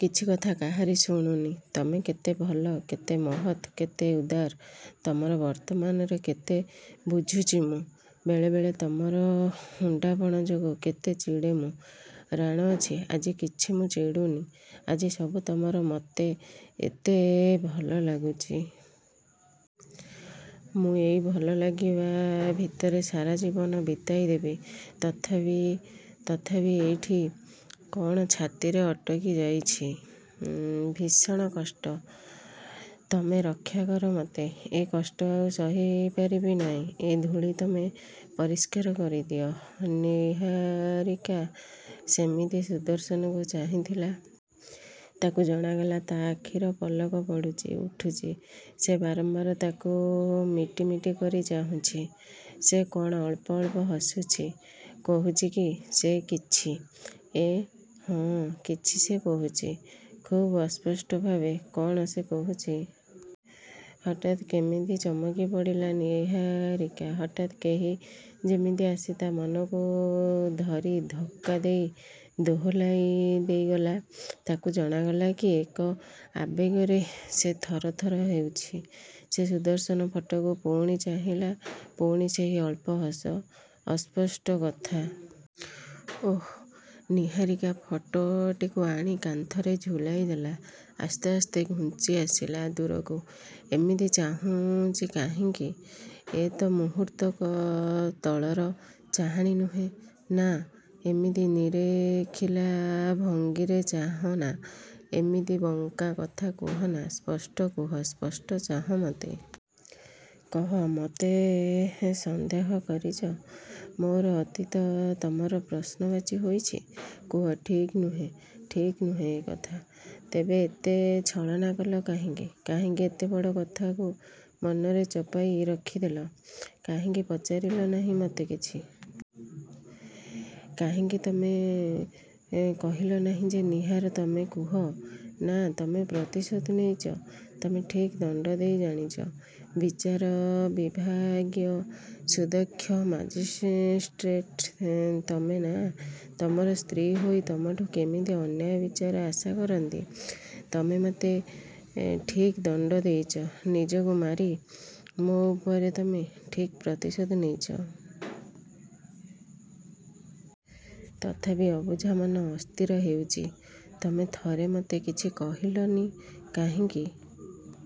କିଛି କଥା କାହାରି ଶୁଣୁନି। ତମେ କେତେ ଭଲ, କେତେ ମହତ୍, କେଡ଼େ ଉଦାର! ତମର ବର୍ତ୍ତମାନରେ କେତେ ବୁଝୁଚି ମୁଁ। ବେଳେ ବେଳେ ତମର ହୁଣ୍ଡାପଣ ଯୋଗୁଁ କେତେ ଚିଡ଼େ ମୁଁ। ରାଣ ଅଛି, ଆଜି କିଛି ମୁଁ ଚିଡ଼ୁନି। ଆଜି ସବୁ ତମର ମତେ ଏତେ ଭଲଲାଗୁଚି। ମୁଁ ଏଇ ଭଲ ଲାଗିବା ଭିତରେ ସାରା ଜୀବନ ବିତାଇ ଦେବି।" "ତଥାପି ତଥାପି ଏଇଠି କ'ଣ ଛାତିରେ ଅଟକି ଯାଇଚି। ଭୀଷଣ କଷ୍ଟ, ତମେ ରକ୍ଷାକର ମତେ। ଏ କଷ୍ଟ ଆଉ ସହି ପାରିବି ନାଇଁ। ଏ ଧୂଳି ତମେ ପରିଷ୍କାର କରିଦିଅ।" ନିହାରିକା ସେମିତି ସୁଦର୍ଶନକୁ ଚାହିଁଥିଲା। ତାକୁ ଜଣାଗଲା, ତା' ଆଖିର ପଲକ ପଡ଼ୁଚି ଉଠୁଚି। ସେ ବାରମ୍ବାର ତାକୁ ମିଟି ମିଟି କରି ଚାହୁଁଚି। ସେ କ'ଣ ଅଳ୍ପ ଅଳ୍ପ ହସୁଚି? କହୁଚି କି ସେ କିଛି? ଏଁ, ହଁ, କିଛି ସେ କହୁଚି। ଖୁବ୍ ଅସ୍ପଷ୍ଟ ଭାବେ। କ'ଣ ସେ କହୁଚି? ହଠାତ୍ କେମିତି ଚମକି ପଡ଼ିଲା ନିହାରିକା। ହଠାତ୍ କେହି ଯେମିତି ଆସି ତା' ମନକୁ ଧରି ଧକ୍କା ଦେଇ ଦୋହଲାଇ ଦେଇଗଲା। ତାକୁ ଜଣାଗଲା କି ଏକ ଆବେଗରେ ସେ ଥର ଥର ହେଉଚି। ସେ ସୁଦର୍ଶନ ଫଟୋକୁ ପୁଣି ଚାହିଁଲା। ପୁଣି ସେହି ଅଳ୍ପ ହସ, ଅସ୍ପଷ୍ଟ କଥା। ଓଃ ନିହାରିକା ଫଟୋଟିକୁ ଆଣି କାନ୍ଥରେ ଝୁଲାଇ ଦେଲା। ଆସ୍ତେ ଆସ୍ତେ ଘୁଞ୍ଚିଆସିଲା ଦୂରକୁ। "ଏମିତି ଚାହୁଁଚି କାହିଁକି? ଏ ତ ମୁହୂର୍ତ୍ତକ ତଳର ଚାହାଣୀ ନୁହେଁ। ନାଁ, ଏମିତି ନିରେଖିଲା ଭଙ୍ଗୀରେ ଚାହଁ ନା, ଏମିତି ବଙ୍କା କଥା କୁହନା, ସ୍ପଷ୍ଟ କୁହ, ସ୍ପଷ୍ଟ ଚାହଁ ମତେ। କହ, ମତେ ସନ୍ଦେହ କରିଚ? ମୋର ଅତୀତ ତମର ପ୍ରଶ୍ନବାଚୀ ହୋଇଚି? କୁହ ଠିକ୍ ନୁହେଁ, ଠିକ୍ ନୁହେଁ ଏ କଥା? ତେବେ ଏତେ ଛଳନା କଲ କାହିଁକି? କାହିଁକି ଏତେ ବଡ଼ କଥାକୁ ମନରେ ଚପାଇ ରଖିଦେଲ? କାହିଁକି ପଚାରିଲ ନାହିଁ ମତେ କିଛି? କାହିଁକି ତମେ କହିଲ ନାହିଁ ଯେ, 'ନିହାର, ତମେ କୁହ'।""ନାଁ, ତମେ ପ୍ରତିଶୋଧ ନେଇଚ, ତମେ ଠିକ୍ ଦଣ୍ଡ ଦେଇ ଜାଣିଚ। ବିଚାର ବିଭାଗୀୟ ସୁଦକ୍ଷ ମାଜିଷ୍ଟ୍ରେଟ ତମେ ନା, ତମର ସ୍ତ୍ରୀ ହୋଇ ତମଠୁ କେମିତି ଅନ୍ୟାୟ ବିଚାର ଆଶା କରନ୍ତି? ତମେ ମତେ ଠିକ୍ ଦଣ୍ଡ ଦେଇଚ, ନିଜକୁ ମାରି ମୋ' ଉପରେ ତମେ ଠିକ୍ ପ୍ରତିଶୋଧ ନେଇଚ। ତଥାପି ଅବୁଝା ମନ ଅସ୍ଥିର ହେଉଚି, ତମେ ଥରେ ମତେ କିଛି କହିଲ ନି କାହିଁକି?"